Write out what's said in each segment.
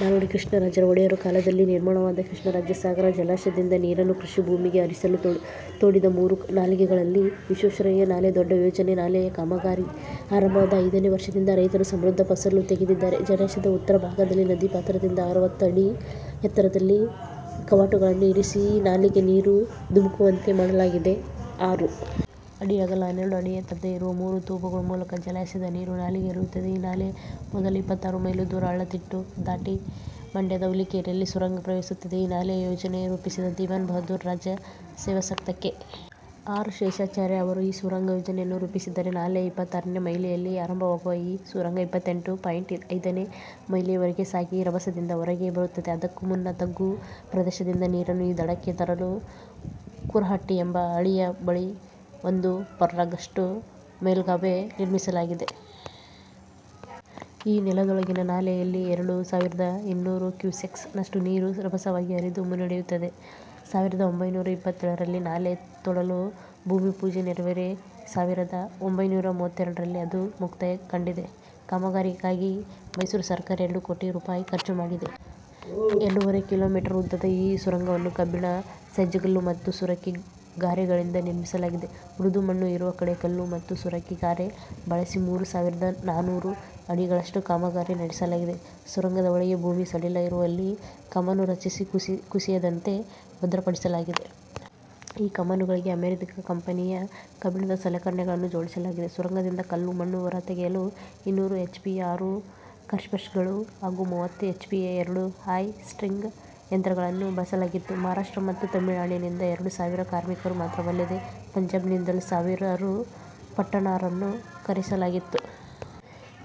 ನಾಲ್ವಡಿ ಕೃಷ್ಣರಾಜ ಒಡೆಯರ್ ಕಾಲದಲ್ಲಿ ನಿರ್ಮಾಣವಾದ ಕೃಷ್ಣರಾಜ ಸಾಗರ ಜಲಾಶಯದಿಂದ ನೀರನ್ನು ಕೃಷಿ ಭೂಮಿಗೆ ಹರಿಸಲು ತೋಡಿದ ಮೂರು ನಾಲೆಗಳಲ್ಲಿ ವಿಶ್ವೇಶ್ವರಯ್ಯ ನಾಲೆ ದೊಡ್ಡ ಯೋಜನೆ. ನಾಲೆಯ ಕಾಮಗಾರಿ ಆರಂಭವಾದ ಐದನೇ ವರ್ಷದಿಂದ ರೈತರು ಸಮೃದ್ಧ ಫಸಲು ತೆಗೆದಿದ್ದಾರೆ. ಜಲಾಶಯದ ಉತ್ತರ ಭಾಗದಲ್ಲಿ, ನದಿ ಪಾತ್ರದಿಂದ ಅರವತ್ತು ಅಡಿ ಎತ್ತರದಲ್ಲಿ ಕವಾಟಗಳನ್ನು ಇರಿಸಿ ಈ ನಾಲೆಗೆ ನೀರು ಧುಮುಕುವಂತೆ ಮಾಡಲಾಗಿದೆ. ಆರು ಅಡಿ ಅಗಲ, ಹನ್ನೆರಡು ಅಡಿ ಎತ್ತರ ಇರುವ ಮೂರು ತೂಬುಗಳ ಮೂಲಕ ಜಲಾಶಯದ ನೀರು ನಾಲೆಗೆ ಹರಿಯುತ್ತದೆ. ಈ ನಾಲೆ ಮೊದಲ ಇಪ್ಪತ್ತಾರು ಮೈಲು ದೂರ ಹಳ್ಳ, ತಿಟ್ಟು ದಾಟಿ ಮಂಡ್ಯದ ಹುಲಿಕೆರೆಯಲ್ಲಿ ಸುರಂಗ ಪ್ರವೇಶಿಸುತ್ತದೆ. ಈ ನಾಲೆಯ ಯೋಜನೆ ರೂಪಿಸಿದ ದಿವಾನ್ ಬಹದ್ದೂರು ರಾಜ ಸೇವಾಸಕ್ತ ಕೆ. ಆರ್. ಶೇಷಾಚಾರ್ಯ ಅವರು ಈ ಸುರಂಗ ಯೋಜನೆಯನ್ನು ರೂಪಿಸಿದ್ದಾರೆ. ನಾಲೆಯ ಇಪ್ಪತ್ತಾರನೇ ಮೈಲಿಯಲ್ಲಿ ಆರಂಭವಾಗುವ ಈ ಸುರಂಗ ಇಪ್ಪತ್ತೆಂಟು ಪಾಯಿಂಟ್ ಐದನೇ ಮೈಲಿಯವರೆಗೆ ಸಾಗಿ ರಭಸದಿಂದ ಹೊರಗೆ ಬರುತ್ತದೆ. ಅದಕ್ಕೂ ಮುನ್ನ ತಗ್ಗು ಪ್ರದೇಶದಿಂದ ನೀರನ್ನು ಈ ದಡಕ್ಕೆ ತರಲು ಕುರಹಟ್ಟಿ ಎಂಬ ಹಳ್ಳಿಯ ಬಳಿ ಒಂದು ಫರ್ಲಾಂಗ್ನಷ್ಟು ಮೇಲ್ಗಾಲುವೆ ನಿರ್ಮಿಸಲಾಗಿದೆ. ಈ 'ನೆಲದೊಳಗಿನ ನಾಲೆ'ಯಲ್ಲಿ ಎರಡು ಸಾವಿರದ ಇನ್ನೂರು ಕ್ಯೂಸೆಕ್ಸ್ ನಷ್ಟು ನೀರು ರಭಸವಾಗಿ ಹರಿದು ಮುನ್ನಡೆಯುತ್ತದೆ. ಸಾವಿರದ ಒಂಭೈನೂರ ಇಪ್ಪತ್ತೇಳರಲ್ಲಿ ನಾಲೆ ತೋಡಲು ಭೂಮಿ ಪೂಜೆ ನೆರವೇರಿ ಸಾವಿರದ ಒಂಭೈನೂರ ಮೂವತ್ತೆರಡರಲ್ಲಿ ಅದು ಮುಕ್ತಾಯ ಕಂಡಿದೆ. ಕಾಮಗಾರಿಗಾಗಿ ಮೈಸೂರು ಸರ್ಕಾರ ಎರಡು ಕೋಟಿ ರೂಪಾಯಿ ಖರ್ಚು ಮಾಡಿದೆ. ಎರಡೂವರೆ ಕಿಲೋಮೀಟರ್ ಉದ್ದದ ಈ ಸುರಂಗವನ್ನು ಕಬ್ಬಿಣ, ಸೈಜುಗಲ್ಲು ಮತ್ತು ಸುರಕಿ ಗಾರೆಗಳಿಂದ ನಿರ್ಮಿಸಲಾಗಿದೆ. ಮೃದು ಮಣ್ಣು ಇರುವ ಕಡೆ ಕಲ್ಲು ಮತ್ತು ಸುರಕಿ ಗಾರೆ ಬಳಸಿ, ಮೂರು ಸಾವಿರದ ನಾನೂರು ಅಡಿಗಳಷ್ಟು ಕಾಮಗಾರಿ ನಡೆಸಲಾಗಿದೆ. ಸುರಂಗದ ಒಳಗೆ ಭೂಮಿ ಸಡಿಲ ಇರುವಲ್ಲಿ ಕಮಾನು ರಚಿಸಿ ಕುಸಿಯದಂತೆ ಭದ್ರಪಡಿಸಲಾಗಿದೆ. ಈ ಕಮಾನುಗಳಿಗೆ ಅಮೆರಿಕದ ಕಂಪೆನಿಯ ಕಬ್ಬಿಣದ ಸಲಕರಣೆಗಳನ್ನು ಜೋಡಿಸಲಾಗಿದೆ. ಸುರಂಗದಿಂದ ಕಲ್ಲು, ಮಣ್ಣು ಹೊರ ತೆಗೆಯಲು ಇನ್ನೂರು ಎಚ್ಪಿಯ ಆರು ಕಂಪ್ರೆಷರ್ಗಳು ಹಾಗೂ ಮೂವತ್ತು ಎಚ್ಪಿಯ ಎರಡು ಹಾಯ್ ಸ್ಟಿಂಗ್ ಯಂತ್ರಗಳನ್ನು ಬಳಸಲಾಗಿತ್ತು. ಮಹಾರಾಷ್ಟ್ರ ಮತ್ತು ತಮಿಳುನಾಡಿನಿಂದ ಎರಡು ಸಾವಿರ ಕಾರ್ಮಿಕರು ಮಾತ್ರವಲ್ಲದೆ ಪಂಜಾಬ್ನಿಂದಲೂ ಸಾವಿರಾರು ಪಠಾಣರನ್ನು ಕರೆಸಲಾಗಿತ್ತು.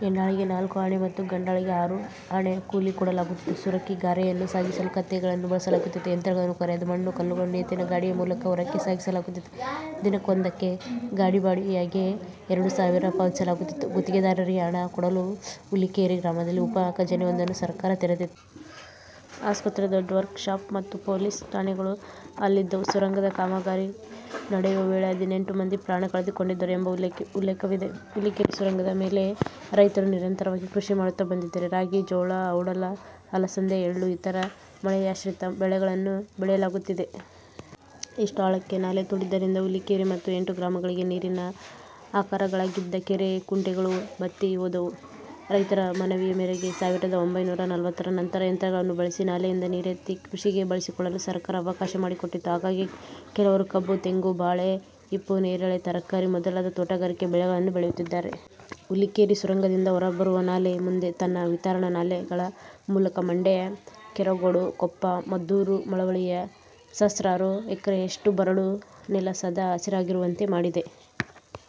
ಹೆಣ್ಣಾಳಿಗೆ ನಾಲ್ಕು ಆಣೆ ಮತ್ತು ಗಂಡಾಳಿಗೆ ಆರು ಆಣೆ ಕೂಲಿ ಕೊಡಲಾಗುತ್ತಿತ್ತು. ಸುರಕಿ ಗಾರೆಯನ್ನು ಸಾಗಿಸಲು ಕತ್ತೆಗಳನ್ನು ಬಳಸಲಾಗುತ್ತಿತ್ತು. ಯಂತ್ರಗಳು ಕೊರೆದ ಮಣ್ಣು, ಕಲ್ಲುಗಳನ್ನು ಎತ್ತಿನ ಗಾಡಿಯ ಮೂಲಕ ಹೊರಕ್ಕೆ ಸಾಗಿಸಲಾಗುತ್ತಿತ್ತು. ದಿನವೊಂದಕ್ಕೆ ಗಾಡಿ ಬಾಡಿಗೆಯಾಗಿ ಎರಡು ರೂಪಾಯಿ ಪಾವತಿಸಲಾಗುತ್ತಿತ್ತು. ಗುತ್ತಿಗೆದಾರರಿಗೆ ಹಣ ಕೊಡಲು ಹುಲಿಕೆರೆ ಗ್ರಾಮದಲ್ಲಿ ಉಪ ಖಜಾನೆಯೊಂದನ್ನು ಸರ್ಕಾರ ತೆರೆದಿತ್ತು. ಆಸ್ಪತ್ರೆ, ದೊಡ್ಡ ವರ್ಕ್ ಶಾಪ್ ಮತ್ತು ಪೊಲೀಸ್ ಠಾಣೆಗಳೂ ಅಲ್ಲಿದ್ದವು. ಸುರಂಗದ ಕಾಮಗಾರಿ ನಡೆಯುವ ವೇಳೆ ಹದಿನೆಂಟು ಮಂದಿ ಪ್ರಾಣ ಕಳೆದುಕೊಂಡಿದ್ದರು ಎಂಬ ಉಲ್ಲೇಖವಿದೆ. ಹುಲಿಕೆರೆ ಸುರಂಗದ ಮೇಲೆ ರೈತರು ನಿರಂತರವಾಗಿ ಕೃಷಿ ಮಾಡುತ್ತಾ ಬಂದಿದ್ದಾರೆ. ರಾಗಿ, ಜೋಳ, ಔಡಲ, ಅಲಸಂದೆ, ಎಳ್ಳು ಇತರ ಮಳೆಯಾಶ್ರಿತ ಬೆಳೆಗಳನ್ನು ಬೆಳೆಯಲಾಗುತ್ತಿದೆ. ಇಷ್ಟು ಆಳಕ್ಕೆ ನಾಲೆ ತೋಡಿದ್ದರಿಂದ ಹುಲಿಕೆರೆ ಮತ್ತು ಎಂಟು ಗ್ರಾಮಗಳಿಗೆ ನೀರಿನ ಆಕರಗಳಾಗಿದ್ದ ಕೆರೆ, ಕುಂಟೆಗಳು ಬತ್ತಿ ಹೋದವು. ರೈತರ ಮನವಿಯ ಮೇರೆಗೆ ಸಾವಿರದ ಒಂಭೈನೂರ ನಲವತ್ತರ ನಂತರ ಯಂತ್ರಗಳನ್ನು ಬಳಸಿ ನಾಲೆಯಿಂದ ನೀರೆತ್ತಿ ಕೃಷಿಗೆ ಬಳಸಿಕೊಳ್ಳಲು ಸರ್ಕಾರ ಅವಕಾಶ ಮಾಡಿಕೊಟ್ಟಿತು. ಹಾಗಾಗಿ ಕೆಲವರು ಕಬ್ಬು, ತೆಂಗು, ಬಾಳೆ, ಹಿಪ್ಪುನೇರಳೆ, ತರಕಾರಿ ಮೊದಲಾದ ತೋಟಗಾರಿಕಾ ಬೆಳೆಗಳನ್ನೂ ಬೆಳೆಯುತ್ತಿದ್ದಾರೆ. ಹುಲಿಕೆರೆ ಸುರಂಗದಿಂದ ಹೊರ ಬರುವ ನಾಲೆ ಮುಂದೆ ತನ್ನ ವಿತರಣಾ ನಾಲೆಗಳ ಮೂಲಕ ಮಂಡ್ಯ, ಕೆರಗೋಡು, ಕೊಪ್ಪ, ಮದ್ದೂರು, ಮಳವಳ್ಳಿಯ ಸಹಸ್ರಾರು ಎಕರೆಯಷ್ಟು ಬರಡು ನೆಲ ಸದಾ ಹಸಿರಾಗಿರುವಂತೆ ಮಾಡಿದೆ.